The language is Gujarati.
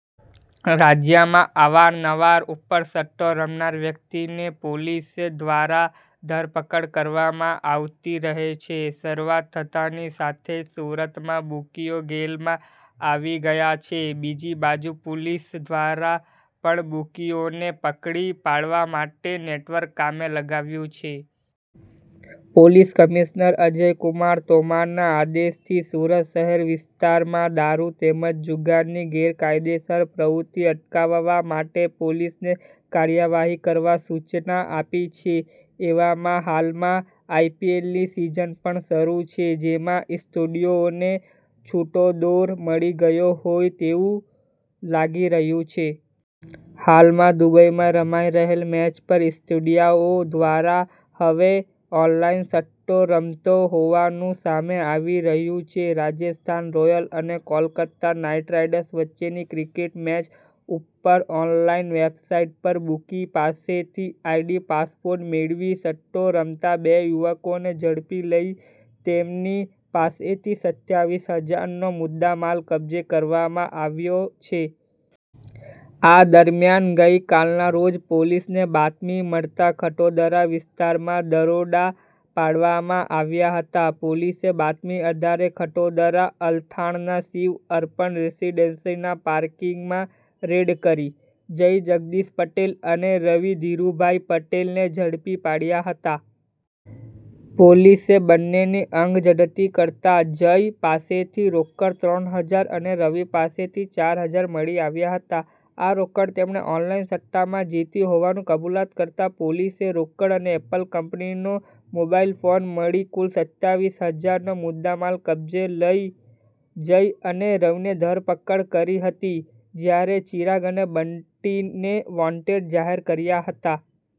રાજ્યમાં અવાર-નવાર ઉપર સટ્ટો રમનાર વ્યક્તિને પોલીસ દ્વારા ધરપકડ કરવામાં આવતી રહે છે. શરુઆત થતાંની સાથે જ સુરતમાં બુકીઓ ગેલમાં આવી ગયા છે. બીજી બાજુ પોલીસ દ્વારા પણ બુકીઓને પકડી પાડવા માટે નેટવર્ક કામે લગાવ્યુ છે. પોલીસ કમિશનર અજયકુમાર તોમરના આદેશથી સુરત શહેર વિસ્તારમાં દારૂ તેમજ જુગારની ગેરકાયદેસર પ્રવૃત્તિ અટકાવવા માટે પોલીસને કાર્યવાહી કરવા સૂચના આપી છે. એવામાં હાલમાં આઈપીએલની સિઝન પણ શરૂ છે. જેમાં સટોડિયાઓને છૂટો દોર મળી ગયો હોય તેવું લાગી રહ્યું છે. હાલમાં દુબઈમાં રમાઈ રહેલ મેચ પર સટ્ટોડિયાઓ દ્વારા હવે ઓનલાઈન સટ્ટો રમાતો હોવાનું સામે આવી રહ્યું છે. રાજસ્થાન રોયલ અને કોલકત્તા નાઇટ રાઇડર્સ વચ્ચેની ક્રિકેટ મેચ ઉપર ઓનલાઇન વેબસાઇટ પર બુકી પાસેથી આઇડી-પાસવર્ડ મેળવી સટ્ટો રમતા બે યુવકોને ઝડપી લઈ તેમની પાસેથી સત્યાવીસ હજારનો મુદ્દામાલ કબ્જે કરવામાં આવ્યો છે. આ દરમ્યાન ગઈકાલના રોજ પોલીસને બાતમી મળતા ખટોદરા વિસ્તારમાં દરોડા પાડવામાં આવ્યા હતા. પોલીસે બાતમીના આધારે ખટોદરા અલથાણના શીવ અર્પણ રેસીડન્સીના પાર્કિંગમાં રેડ કરી જય જગદીશ પટેલ અને રવિ ધીરૂભાઇ પટેલ ને ઝડપી પાડયા હતા. પોલીસે બંનેની અંગ જડતી કરતા જય પાસેથી રોકડા ત્રણ હજાર અને રવિ પાસેથી ચાર હજાર મળી આવ્યા હતા. આ રોકડ તેમણે ઓનલાઇન સટ્ટામાં જીતી હોવાની કબૂલાત કરતા પોલીસે રોકડ અને એપલ કંપનીનો મોબાઇલ ફોન મળી કુલ સત્યાવીસ હજારનો મુદ્દામાલ કબ્જે લઇ જય અને રવિની ધરપકડ કરી હતી. જયારે ચિરાગ અને બંટીને વોન્ટેડ જાહેર કર્યા હતા.